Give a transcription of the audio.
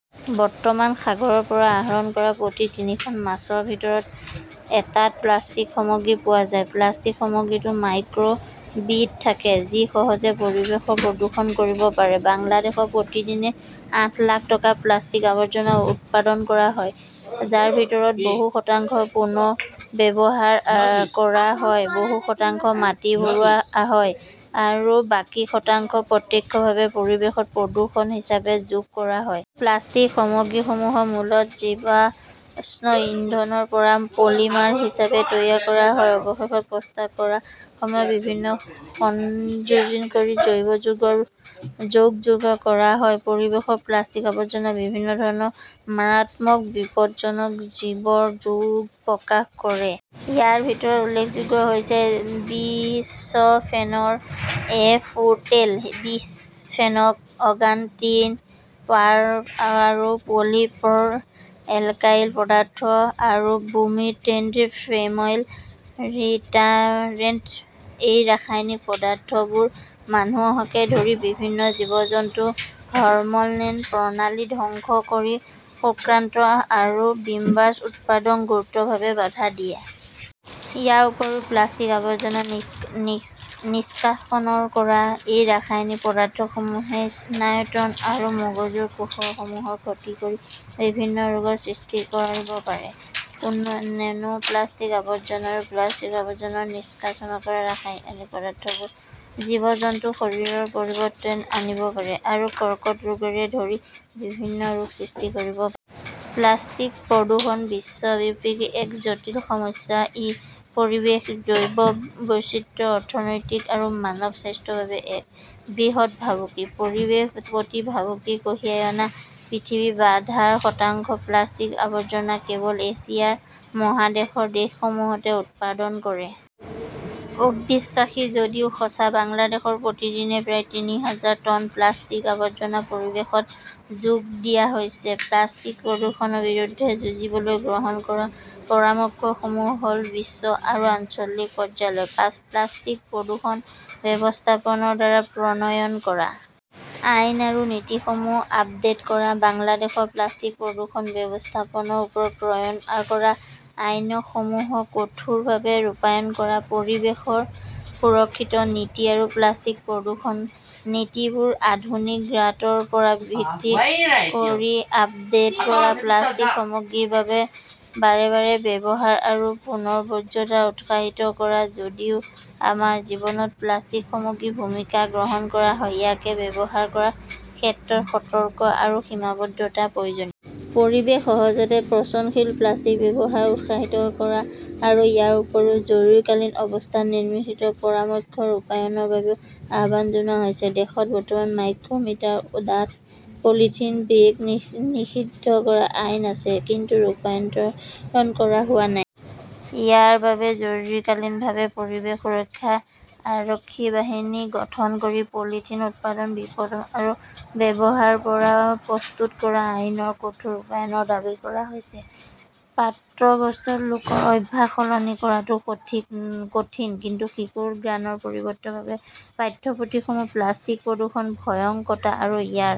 বৰ্তমান সাগৰৰ পৰা আহৰণ কৰা প্ৰতি তিনিখন মাছৰ ভিতৰত এটাত প্লাষ্টিকৰ সামগ্ৰী পোৱা যায়। প্লাষ্টিকৰ সামগ্ৰীবোৰত মাইক্ৰ বিড থাকে, যি সহজে পৰিৱেশ প্ৰদূষণ কৰিব পাৰে। বাংলাদেশত প্ৰতিদিনে আঠ লাখ টন প্লাষ্টিকৰ আৱৰ্জনা উৎপাদন কৰা হয়, যাৰ ভিতৰত বহু শতাংশ পুনৰ্ব্যৱহাৰ কৰা হয়, বহু শতাংশ মাটি ভৰোৱা হয় আৰু বাকী শতাংশ প্ৰত্যক্ষভাৱে পৰিৱেশত প্ৰদূষক হিচাপে যোগ কৰা হয়। প্লাষ্টিকৰ সামগ্ৰীসমূহ মূলত জীৱাশ্ম ইন্ধন ৰ পৰা পলিমাৰ হিচাপে তৈয়াৰ কৰা হয়। অৱশ্যে, প্ৰস্তুত কৰাৰ সময়ত বিভিন্ন সংযোজনকাৰী জৈৱ যৌগ যোগ কৰা হয়। পৰিৱেশত প্লাষ্টিকৰ আৱৰ্জনে বিভিন্ন ধৰণৰ মাৰাত্মকভাৱে বিপদজনক জৈৱ যৌগ প্ৰকাশ কৰে। ইয়াৰ ভিতৰত উল্লেখযোগ্য হৈছে বিচফেনল-এ, ফোথলেট, বিসফেনন, অৰ্গান'টিন, পাৰ আৰু পলি ফ্ল'ৰ' এল্কাইল পদাৰ্থ আৰু ব্ৰোমিনেটেড ফেইম ৰিটাৰেণ্ট। এই ৰাসায়নিক পদাৰ্থবোৰে মানুহকে ধৰি বিভিন্ন জীৱ-জন্তুৰ হৰম'নেল প্ৰণালী ধ্বংস কৰি শুক্ৰাণু আৰু ডিম্বাশয়ৰ উৎপাদনত গুৰুতৰভাৱে বাধা দিয়ে। ইয়াৰ উপৰিও প্লাষ্টিক আৱৰ্জনা নিষ্কাশন কৰা এই ৰাসায়নিক পদাৰ্থসমূহে স্নায়ুতন্ত্ৰ আৰু মগজুৰ কোষসমূহক ক্ষতি কৰি বিভিন্ন ৰোগৰ সৃষ্টি কৰিব পাৰে। নেনো প্লাষ্টিক আৱৰ্জনা আৰু প্লাষ্টিকৰ আৱৰ্জনা নিষ্কাশিত কৰা ৰাসায়নিক পদাৰ্থবোৰে জীৱ-জন্তুৰ শৰীৰত পৰিৱৰ্তন আনিব পাৰে আৰু কৰ্কট ৰোগকে ধৰি বিভিন্ন ৰোগৰ সৃষ্টি কৰিব পাৰে। প্লাষ্টিক প্ৰদূষণ বিশ্বব্যাপী এক জটিল সমস্যা। ই পৰিৱেশ, জৈৱ বৈচিত্ৰ্য, অৰ্থনীতি আৰু মানৱ স্বাস্থ্যৰ বাবে এক বৃহৎ ভাবুকি। পৰিৱেশৰ প্ৰতি ভাবুকি কঢ়িয়াই অনা পৃথিৱীৰ আধা শতাংশ প্লাষ্টিকৰ আৱৰ্জনা কেৱল এছিয়া মহাদেশৰ দেশসমূহেহে উৎপাদন কৰে। অবিশ্বাসী যদিও সঁচা, বাংলাদেশত প্ৰতিদিনে প্ৰায় তিনি হাজাৰ টন প্লাষ্টিকৰ আৱৰ্জনা পৰিৱেশত যোগ দিয়া হৈছে। প্লাষ্টিক প্ৰদূষণৰ বিৰুদ্ধে যুঁজিবলৈ গ্ৰহণ কৰা পৰামৰ্শসমূহ হ'ল বিশ্ব আৰু আঞ্চলিক পৰ্যায়ত প্লাষ্টিক প্ৰদূষণ ব্যৱস্থাপনাৰ দ্বাৰা প্ৰণয়ন কৰা আইন আৰু নীতিসমূহ আপডেট কৰা, বাংলাদেশৰ প্লাষ্টিক প্ৰদূষণ ব্যৱস্থাপনাৰ ওপৰত প্ৰণয়ন কৰা আইনসমূহ কঠোৰভাৱে ৰূপায়ণ কৰা, পৰিৱেশ সুৰক্ষা নীতি আৰু প্লাষ্টিক প্ৰদূষণ নীতিবোৰ আধুনিক জ্ঞানৰ ওপৰত ভিত্তি কৰি আপডেট কৰা, প্লাষ্টিক সামগ্ৰীৰ বাৰে বাৰে ব্যৱহাৰ আৰু পুনৰ্ব্যৱহাৰক উৎসাহিত কৰা, যদিও আমাৰ জীৱনত প্লাষ্টিক সামগ্ৰীৰ ভূমিকা গ্ৰহণ কৰা হয়, ইয়াক ব্যৱহাৰ কৰাৰ ক্ষেত্ৰত সতৰ্কতা আৰু সীমাবদ্ধতা প্ৰয়োজনীয়। পৰিৱেশ সহজে পচনশীল প্লাষ্টিকৰ ব্যৱহাৰক উৎসাহিত কৰা আৰু ইয়াৰ উপৰিও জৰুৰীকালীন অৱস্থাত নিম্নলিখিত পৰামৰ্শসমূহ ৰূপায়ণৰ বাবেও আহ্বান জনোৱা হৈছে। দেশত বৰ্তমান মাইক্ৰ'মিটাৰ ডাঠ পলিথিন বেগ নিষিদ্ধ কৰাৰ আইন আছে, কিন্তু ৰূপায়ণ কৰা হোৱা নাই। ইয়াৰ বাবে জৰুৰীকালীনভাৱে '"পৰিৱেশ সুৰক্ষা আৰক্ষী বাহিনী" গঠন কৰি পলিথিন উৎপাদন, বিপণন আৰু ব্যৱহাৰৰ ওপৰত প্ৰস্তুত কৰা আইনৰ কঠোৰ ৰূপায়ণৰ দাবী কৰা হৈছে । প্ৰাপ্তবয়স্ক লোকৰ অভ্যাস সলনি কৰাটো কঠিন, কিন্তু শিশুৰ জ্ঞানৰ পৰিৱৰ্তনৰ বাবে পাঠ্যপুথিসমূহত প্লাষ্টিক প্ৰদূষণৰ ভয়ংকৰতা আৰু ইয়াৰ